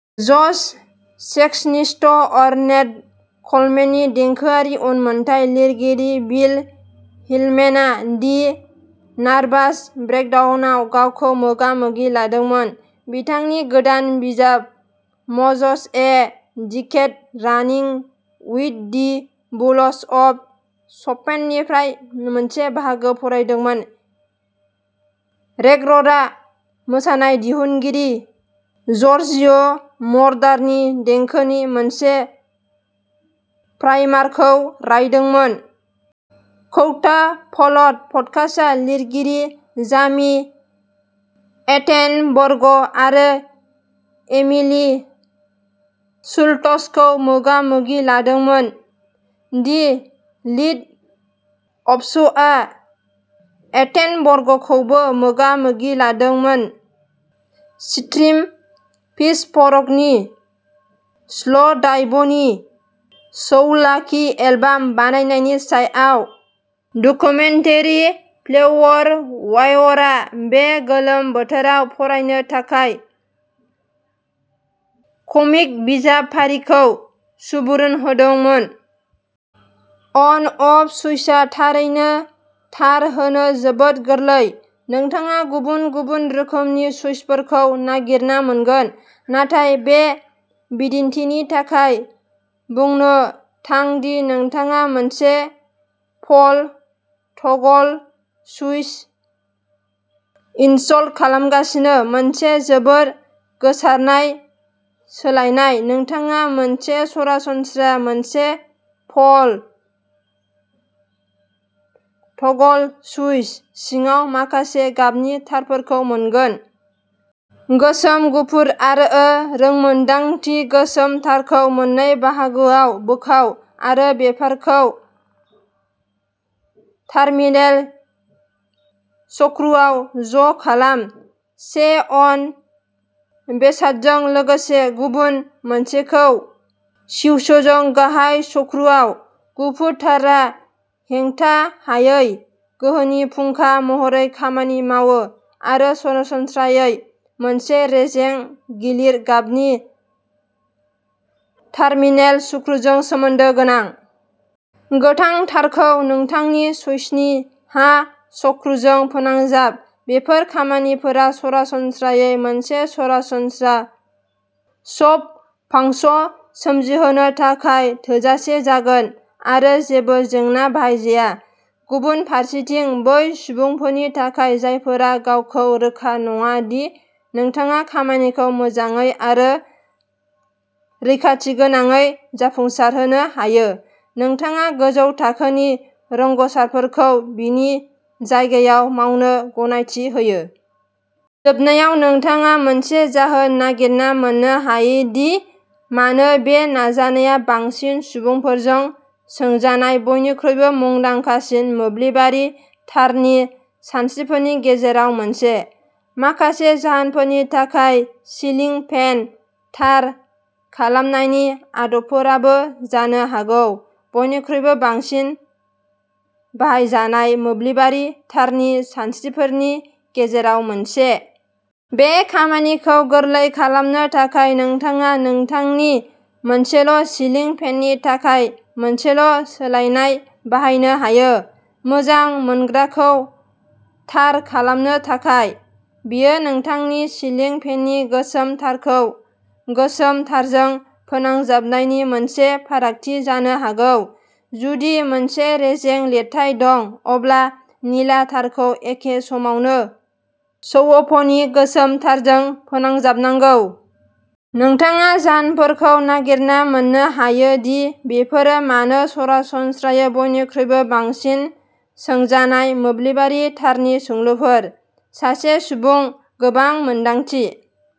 जज saxophonist Ornette क'लमेननि देंखोआरि उनमोनथाइ। लिरगिरि बिल हिलमेनआ दि नार्भास ब्रेकडाउनआव गावखौ मोगा-मोगि लादोंमोन। बिथांनि गोदान बिजाब, mozos a decade running with the bulls of सपेननिफ्राय मोनसे बाहागो फरायदोंमोन। रेकरडआ मोसानाय दिहुनगिरि ज'र्जिय'मरडारनि देंखोनि मोनसे प्राइमारखौ रानदोंमोन। कैटापलट पडकास्टआ लिरगिरि जामि एटेनबर्ग आरो एमिलि शुल्ट्जखौ मोगा-मोगि लादोंमोन। दि लिट अपश'आ एटेनबर्गखौबो मोगा-मोगि लादोंमोन। स्ट्रिम पिचफर्कनि स्ल'डाइभनि सौवलाकी एलबाम बानायनायनि सायाव डकुमेन्टारि। फ्लेवरवायरआ बे गोलोम बोथोराव फरायनो थाखाय कमिक बिजाब फारिखौ सुबुरुन होदोंमोन। अन-अफ सुइचआ थारैनो तार होनो जोबोद गोरलै। नोंथाङा गुबुन-गुबुन रोखोमनि सुइचफोरखौ नागिरना मोनगोन, नाथाय बे बिदिन्थिनि थाखाय बुंनो थां दि नोंथाङा मोनसे पल टगल सुइच इनसल खालामगासिनो, मोनसे जोबोद गोसारनाय सोलायनाय। नोंथाङा मोनसे सरासनस्रा मोनसे पल टगल सुइच सिङाव माखासे गाबनि तारफोरखौ मोनगोन। गोसोम, गुफुर, आरो रोंमोन्दांथि। गोसोम तारखौ मोननै बाहागोआव बोखाव आरो बेफोरखौ टार्मिनेल सक्रुआव ज'खालाम-से अन बेसादजों लोगोसे गुबुन मोनसेखौ स्विउच'जों गाहाय सक्रुआव। गुफुर तारआ हेंथाहायै गोहोनि फुंखा महरै खामानि मावो आरो सरासनस्रायै मोनसे रेजें-गिलिर गाबनि टार्मिनेल सक्रुजों सोमोन्दो गोनां। गोथां तारखौ नोंथांनि सुइचनि हा सक्रुजों फोनांजाब। बेफोर खामानिफोरा सरासनस्रायै मोनसे सरासनस्रा स्वौप फांस' सोमजिहोनो थाखाय थोजासे जागोन आरो जेबो जेंना बाहायजाया। गुबुन फारसेथिं, बै सुबुंफोरनि थाखाय जायफोरा गावखौ रोखा नङा दि नोंथाङा खामानिखौ मोजाङै आरो रैखाथिगोनाङै जाफुंसारहोनो हायो, नोंथाङा गोजौ थाखोनि रोंग'सारफोरखौ बेनि जायगायाव मावनो गनायथि होयो। जोबनायाव, नोंथाङा मोनसे जाहोन नागिरना मोन्नो हायो दि मानो बे नाजानाया बांसिन सुबुंफोरजों सोंजानाय बयनिख्रुइबो मुंदांखासिन मोब्लिबारि तारनि सानस्रिफोरनि गेजेराव मोनसे। माखासे जाहोनफोरनि थाखाय, सिलिं फेन तार खालामनायनि आदबफोराबो जानो हागौ बयनिख्रुइबो बांसिन बाहायजानाय मोब्लिबारि तारनि सानस्रिफोरनि गेजेराव मोनसे। बे खामानिखौ गोरलै खालामनो थाखाय, नोंथाङा नोंथांनि मोनसेल'सिलिं फेननि थाखाय मोनसेल'सोलायनाय बाहायनो हायो। मोजां मोनग्राखौ तार खालामनो थाखाय, बेयो नोंथांनि सिलिं फेननि गोसोम तारखौ गोसोम तारजों फोनांजाबनायनि मोनसे फारागथि जानो हागौ। जुदि मोनसे रेजें-लिरथाय दं, अब्ला निला तारखौ एखे समावनो स्वौप'नि गोसोम तारजों फोनांजाबनांगौ। नोंथाङा जाहोनफोरखौ नागिरना मोन्नो हायो दि बेफोर मानो सरासनस्रायै बयनिख्रुइबो बांसिन सोंजानाय मोब्लिबारि तारनि सोंलुफोर। सासे सुबुं, गोबां मोन्दांथि।